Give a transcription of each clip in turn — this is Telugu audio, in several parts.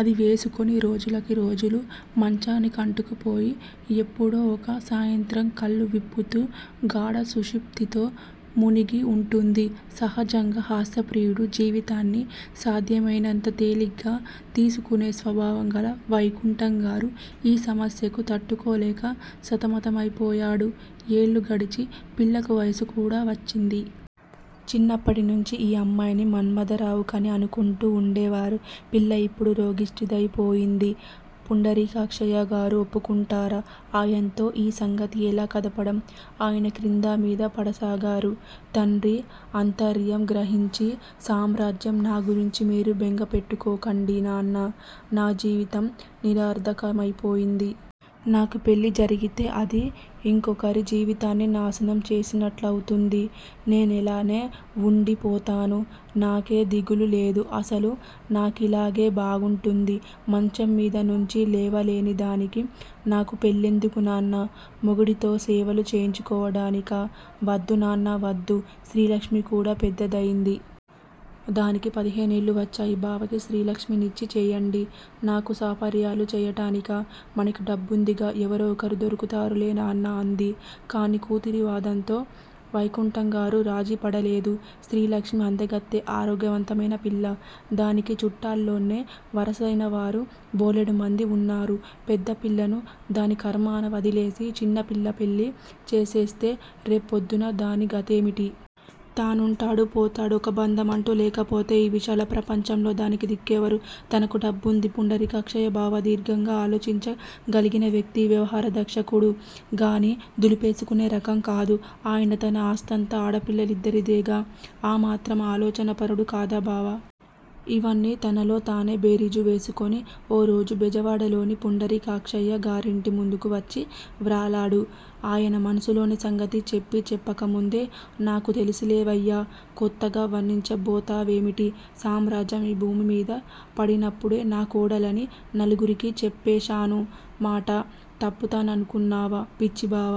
అది వేసుకుని రోజులకి రోజులు మంచానికంటుకు పోయి ఎప్పుడో ఒక సాయంత్రం కళ్ళు విప్పుతూ గాఢ సుషుప్తిలో మునిగి వుంటుంది. సహజంగా హాస్య ప్రియుడూ, జీవితాన్ని సాధ్యమైనంత తేలిగ్గా తీసుకునే స్వభావం గల వైకుంఠం గారు ఈ సమస్యకు తట్టుకోలేక సతమతమైపోయాడు. ఏళ్ళు గడిచి పిల్లకు వయసు కూడా వచ్చింది. చిన్నప్పటినుంచి ఈ అమ్మాయిని మన్మథరావుకని అనుకుంటూ వుండేవారు. పిల్ల ఇప్పుడు రోగిష్టిదాయి పోయింది. పుండరీకాక్షయ్యగారు ఒప్పుకుంటారా? ఆయన్తో ఈ సంగతి ఎలా కదపడం? ఆయన క్రిందా మీదా పడసాగారు. తండ్రి ఆంతర్యం గ్రహించి సామ్రాజ్యం నా గురించి మీరు బెంగ పెట్టుకోకండి. నాన్నా! నా జీవితం నిరర్ధకమైపోయింది. నాకు పెళ్ళి జరిగితే అది యింకోరి జీవితాన్ని నాశనం చేసినట్టవుతుంది. నేనిలానే వుండి పోతాను. నాకే దిగులూ లేదు. అసలు నాకిలాగే బాగుంటుంది. మంచం మీద నుంచి లేవలేని దానికి నాకు పెళ్లెందుకు నాన్నా? మొగాడితో సేవలు చేయించుకోడానికా? వద్దు నాన్నా! వద్దు శ్రీలక్ష్మి కూడా పెద్దదయింది. దానికి పదిహేనేళ్ళు వచ్చాయి. బావకి శ్రీ లక్ష్మినిచ్చి చెయ్యండి. నాకు సపర్యలు చెయ్యటానికా? మనకి డబ్బుందిగా? ఎవరో ఒకరు దొరుకుతారులే నాన్నా అంది. కాని కూతురి వాదంతో వైకుంఠంగారు రాజీప డలేదు. శ్రీలక్ష్మి అందగత్తె ఆరోగ్యవంతమైన పిల్ల. దానికి చుట్టాల్లోనే వరసైనవారు బోలెడుమంది వున్నారు. పెద్దపిల్లను దాని కర్మాన వదిలేసి, చిన్నపిల్ల పెళ్ళి చేసేస్తే రేపొద్దున దాని గతేమిటి? తనుంటాడు, పోతాడు. ఒక బంధమంటూ లేకపోతే ఈ విశాల ప్రపంచంలో దానికి దిక్కెవరు? తనకు డబ్బుంది. పుండరీకాక్షయ్య బావ దీర్ఘంగా ఆలోచించ గలిగిన వ్యక్తి. వ్యవహారదక్షుడు గాని, దులిపేసుకునే రకం కాదు. అయినా తన ఆస్తంతా ఆడపిల్లలిద్దరిదేగా ఆ మాత్రం ఆలోచనా పరుడు కాదా బావ? ఇవన్నీ తనలో తానే బేరీజు వేసుకుని ఓ రోజు బెజవాడలోని పుండరీకాక్షయ్య గారింటి ముందుకు వచ్చి వ్రాలాడు. ఆయన మనసులోని సంగతి చెప్పీ చెప్పకముందే నాకు తెలుసులేవయ్యా! కొత్తగా వర్ణించబోతావేమిటి? సామ్రాజ్యం ఈ భూమ్మీద పడినప్పుడే నా కోడలని నలుగురికీ చెప్పేశాను. మాట తప్పుతాననుకున్నావా? పిచ్చిబావ!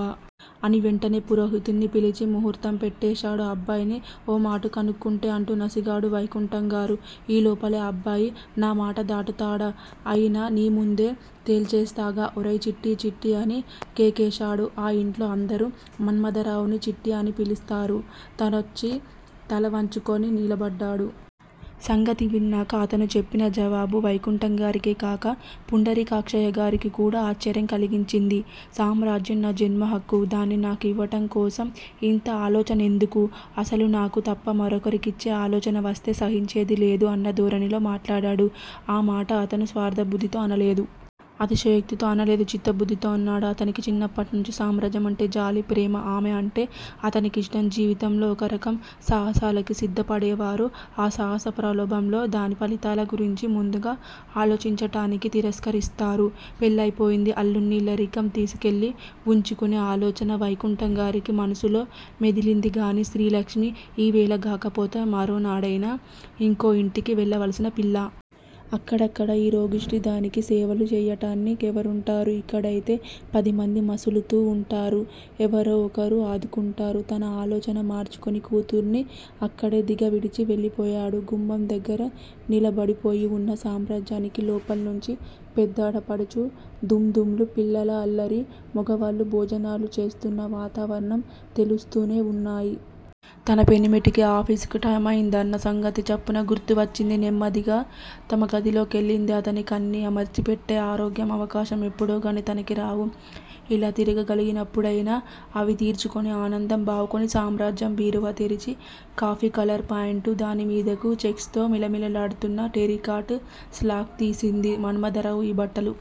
అని వెంటనే పురోహితుడ్ని పిలిపించి ముహూర్తం పెట్టించేశాడు. అబ్బాయిని ఓమాటు కనుక్కుంటే? అంటూ నసిగాడు వైకుంఠంగారు. ఈలోపలే అబ్బాయి నామాట దాటుతాడా? అయినా నీముందే తేల్చేస్తాగా. అరేయ్ చిట్టీ, చిట్టీ! అని కేకేశాడు. ఆ యింట్లో అందరూ మన్మథరావుని చిట్టీ! అని పిలుస్తారు. అతనొచ్చి తల వంచుకుని నిలబడ్డాడు. సంగతి విన్నాక అతను చెప్పిన జవాబు వైకుంఠం గారికే కాక పుండరీకాక్షయ్యగారికి కూడా ఆశ్చర్యం కలిగించింది. సామ్రాజ్యం నా జన్మహక్కు దాన్ని నాకివ్వటం కోసం యింత ఆలోచనెందుకు? అసలు నాకు తప్ప మరొకరికిచ్చే ఆలోచన వస్తే సహించేది లేదు అన్నధోరణిలో మాట్లాడాడు. ఆ మాట అతను స్వార్ధ బుద్దితో అనలేదు. అతిశయోక్తితో అనలేదు. చిత్తశుద్దితో అన్నాడు. అతనికి చిన్నప్పట్నుంచీ సామ్రాజ్యమంటే జాలి, ప్రేమ. ఆమె అంటే అతనికిష్టం. జీవితంలో ఒక రకం సాహసాలకి సిద్దపడేవారు ఆ సాహస ప్రలోభంలో దాని ఫలితాల గురించి ముందుగా ఆలోచించటానికి తిరస్కరిస్తారు. పెళ్ళయిపోయింది. అల్లుడ్ని ఇల్లరికం తీసుకెళ్ళి వుంచుకునే ఆలోచన వైకుంఠంగారికి మనసులో మెదిలిందిగాని, శ్రీలక్ష్మి ఈవేళ గాకపోతే మరోనాడైనా యింకో యింటికి వెళ్ళవలసిన పిల్ల. అప్పుడక్కడ ఈ రోగిష్టి దానికి సేవలు చెయ్యటాని కెవరుంటారు? ఇక్కడయితే పదిమంది మసులుతూ వుంటారు. ఎవరో ఒకరు ఆదుకుంటారు. తన ఆలోచన మార్చుకుని కూతుర్ని అక్కడే దిగ విడిచి వెళ్ళిపోయాడు. గుమ్మం దగ్గర నిలబడిపోయి వున్న సామ్రాజ్యానికి లోపల్నుంచి పెద్దాడబడుచు ధూంధాంలు, పిల్లల అల్లరి, మొగవాళ్ళు భోజనాలు చేస్తోన్న వాతావరణం తెలుస్తూనే వున్నాయి. తన పెనిమిటికి ఆఫీసుకు టైమయిందన్న సంగతి చప్పున గుర్తువచ్చింది. నెమ్మదిగా తమ గదిలోకెళ్ళింది. అతనికన్నీ అమర్చిపెట్టే ఆరోగ్యం, అవకాశం ఎప్పుడోగాని తనకి రావు. ఇలా తిరగగలిగినప్పుడైనా అవి తీర్చుకుని ఆనందం బావుకోనీ. సామ్రాజ్యం బీరువా తెరిచి కాఫీ కలర్ ప్యాంటు, దాని మీదకు చెక్స్ తో మిలమిలలాడుతున్న టెరికాట్ స్లాక్ తీసింది. మన్మథరావు ఈ బట్టలు